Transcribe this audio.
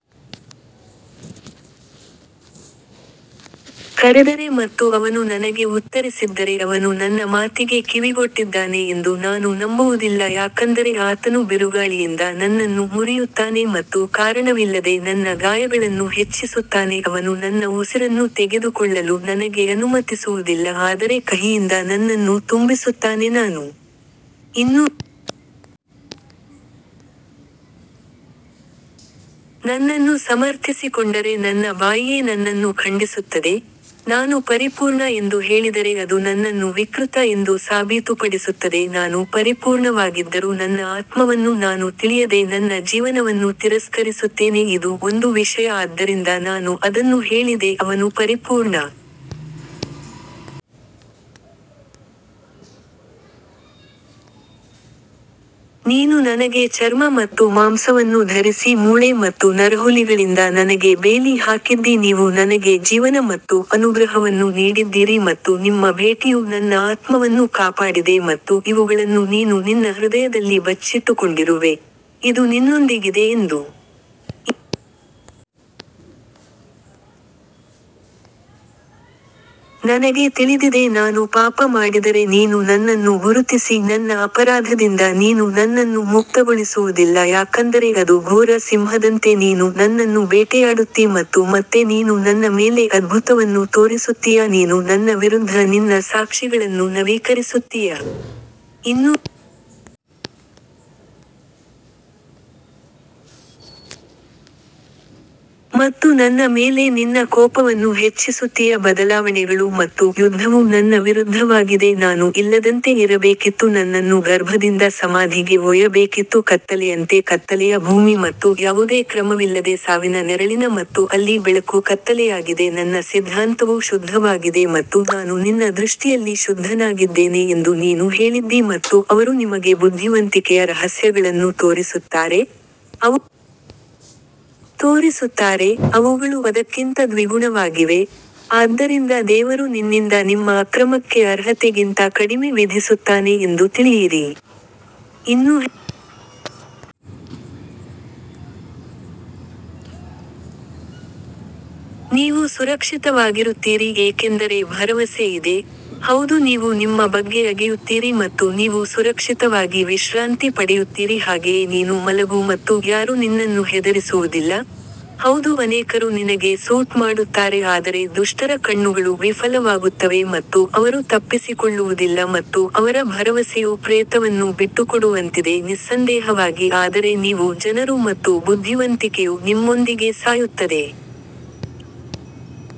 ಕರೆದರೆ ಮತ್ತು ಅವನು ನನಗೆ ಉತ್ತರಿಸಿದ್ದರೆ ಅವನು ನನ್ನ ಮಾತಿಗೆ ಕಿವಿಗೊಟ್ಟಿದ್ದಾನೆ ಎಂದು ನಾನು ನಂಬುವುದಿಲ್ಲ ಯಾಕಂದರೆ ಆತನು ಬಿರುಗಾಳಿಯಿಂದ ನನ್ನನ್ನು ಮುರಿಯುತ್ತಾನೆ ಮತ್ತು ಕಾರಣವಿಲ್ಲದೆ ನನ್ನ ಗಾಯಗಳನ್ನು ಹೆಚ್ಚಿಸುತ್ತಾನೆ ಅವನು ನನ್ನ ಉಸಿರನ್ನು ತೆಗೆದುಕೊಳ್ಳಲು ನನಗೆ ಅನುಮತಿಸುವುದಿಲ್ಲ ಆದರೆ ಕಹಿಯಿಂದ ನನ್ನನ್ನು ತುಂಬಿಸುತ್ತಾನೆ ನಾನು ನನ್ನನ್ನು ಸಮರ್ಥಿಸಿಕೊಂಡರೆ ನನ್ನ ಬಾಯಿಯೇ ನನ್ನನ್ನು ಖಂಡಿಸುತ್ತದೆ, ನಾನು ಪರಿಪೂರ್ಣ ಎಂದು ಹೇಳಿದರೆ ಅದು ನನ್ನನ್ನು ವಿಕೃತ ಎಂದು ಸಾಬೀತುಪಡಿಸುತ್ತದೆ ನಾನು ಪರಿಪೂರ್ಣವಾಗಿದ್ದರೂ ನನ್ನ ಆತ್ಮವನ್ನು ನಾನು ತಿಳಿಯದೆ ನನ್ನ ಜೀವನವನ್ನು ತಿರಸ್ಕರಿಸುತ್ತೇನೆ ಇದು ಒಂದು ವಿಷಯ ಆದ್ದರಿಂದ ನಾನು ಅದನ್ನು ಹೇಳಿದೆ ಅವನು ಪರಿಪೂರ್ಣ ನೀನು ನನಗೆ ಚರ್ಮ ಮತ್ತು ಮಾಂಸವನ್ನು ಧರಿಸಿ ಮೂಳೆ ಮತ್ತು ನರಹುಲಿಗಳಿಂದ ನನಗೆ ಬೇಲಿ ಹಾಕಿದ್ದೀ ನೀವು ನನಗೆ ಜೀವನ ಮತ್ತು ಅನುಗ್ರಹವನ್ನು ನೀಡಿದ್ದೀರಿ ಮತ್ತು ನಿಮ್ಮ ಭೇಟಿಯು ನನ್ನ ಆತ್ಮವನ್ನು ಕಾಪಾಡಿದೆ ಮತ್ತು ಇವುಗಳನ್ನು ನೀನು ನಿನ್ನ ಹೃದಯದಲ್ಲಿ ಬಚ್ಚಿಟ್ಟುಕೊಂಡಿರುವೆ, ಇದು ನಿನ್ನೊಂದಿಗಿದೆ ಎಂದು ನನಗೆ ತಿಳಿದಿದೆ ನಾನು ಪಾಪ ಮಾಡಿದರೆ ನೀನು ನನ್ನನ್ನು ಗುರುತಿಸಿ ನನ್ನ ಅಪರಾಧದಿಂದ ನೀನು ನನ್ನನ್ನು ಮುಕ್ತಗೊಳಿಸುವುದಿಲ್ಲ ಯಾಕಂದರೆ ಅದು ಘೋರ ಸಿಂಹದಂತೆ ನೀನು ನನ್ನನ್ನು ಬೇಟೆಯಾಡುತ್ತೀ ಮತ್ತು ಮತ್ತೆ ನೀನು ನನ್ನ ಮೇಲೆ ಅದ್ಭುತವನ್ನು ತೋರಿಸುತ್ತೀಯಾ ನೀನು ನನ್ನ ವಿರುದ್ಧ ನಿನ್ನ ಸಾಕ್ಷಿಗಳನ್ನು ನವೀಕರಿಸುತ್ತೀಯ ಮತ್ತು ನನ್ನ ಮೇಲೆ ನಿನ್ನ ಕೋಪವನ್ನು ಹೆಚ್ಚಿಸುತ್ತೀಯ ಬದಲಾವಣೆಗಳು ಮತ್ತು ಯುದ್ಧವು ನನ್ನ ವಿರುದ್ಧವಾಗಿದೆ ನಾನು ಇಲ್ಲದಂತೆ ಇರಬೇಕಿತ್ತು ನನ್ನನ್ನು ಗರ್ಭದಿಂದ ಸಮಾಧಿಗೆ ಒಯ್ಯಬೇಕಿತ್ತು ಕತ್ತಲೆಯಂತೆ ಕತ್ತಲೆಯ ಭೂಮಿ ಮತ್ತು ಯಾವುದೇ ಕ್ರಮವಿಲ್ಲದೆ ಸಾವಿನ ನೆರಳಿನ ಮತ್ತು ಅಲ್ಲಿ ಬೆಳಕು ಕತ್ತಲೆಯಾಗಿದೆ ನನ್ನ ಸಿದ್ಧಾಂತವು ಶುದ್ಧವಾಗಿದೆ ಮತ್ತು ನಾನು ನಿನ್ನ ದೃಷ್ಟಿಯಲ್ಲಿ ಶುದ್ಧನಾಗಿದ್ದೇನೆ ಎಂದು ನೀನು ಹೇಳಿದ್ದೀ ಮತ್ತು ಅವರು ನಿಮಗೆ ಬುದ್ಧಿವಂತಿಕೆಯ ರಹಸ್ಯಗಳನ್ನು ತೋರಿಸುತ್ತಾರೆ, ಅವುಗಳು ಅದಕ್ಕಿಂತ ದ್ವಿಗುಣವಾಗಿವೆ, ಆದ್ದರಿಂದ ದೇವರು ನಿನ್ನಿಂದ ನಿಮ್ಮ ಅಕ್ರಮಕ್ಕೆ ಅರ್ಹತೆಗಿಂತ ಕಡಿಮೆ ವಿಧಿಸುತ್ತಾನೆ ಎಂದು ತಿಳಿಯಿರಿ. ಇನ್ನೂ ನೀವು ಸುರಕ್ಷಿತವಾಗಿರುತ್ತೀರಿ ಏಕೆಂದರೆ ಭರವಸೆ ಇದೆ, ಹೌದು ನೀವು ನಿಮ್ಮ ಬಗ್ಗೆ ಅಗೆಯುತ್ತೀರಿ ಮತ್ತು ನೀವು ಸುರಕ್ಷಿತವಾಗಿ ವಿಶ್ರಾಂತಿ ಪಡೆಯುತ್ತೀರಿ ಹಾಗೆಯೇ ನೀನು ಮಲಗು ಮತ್ತು ಯಾರೂ ನಿನ್ನನ್ನು ಹೆದರಿಸುವುದಿಲ್ಲ, ಹೌದು ಅನೇಕರು ನಿನಗೆ ಸೂಟ್ ಮಾಡುತ್ತಾರೆ ಆದರೆ ದುಷ್ಟರ ಕಣ್ಣುಗಳು ವಿಫಲವಾಗುತ್ತವೆ ಮತ್ತು ಅವರು ತಪ್ಪಿಸಿಕೊಳ್ಳುವುದಿಲ್ಲ ಮತ್ತು ಅವರ ಭರವಸೆಯು ಪ್ರೇತವನ್ನು ಬಿಟ್ಟುಕೊಡುವಂತಿದೆ ನಿಸ್ಸಂದೇಹವಾಗಿ ಆದರೆ ನೀವು ಜನರು ಮತ್ತು ಬುದ್ಧಿವಂತಿಕೆಯು ನಿಮ್ಮೊಂದಿಗೆ ಸಾಯುತ್ತದೆ.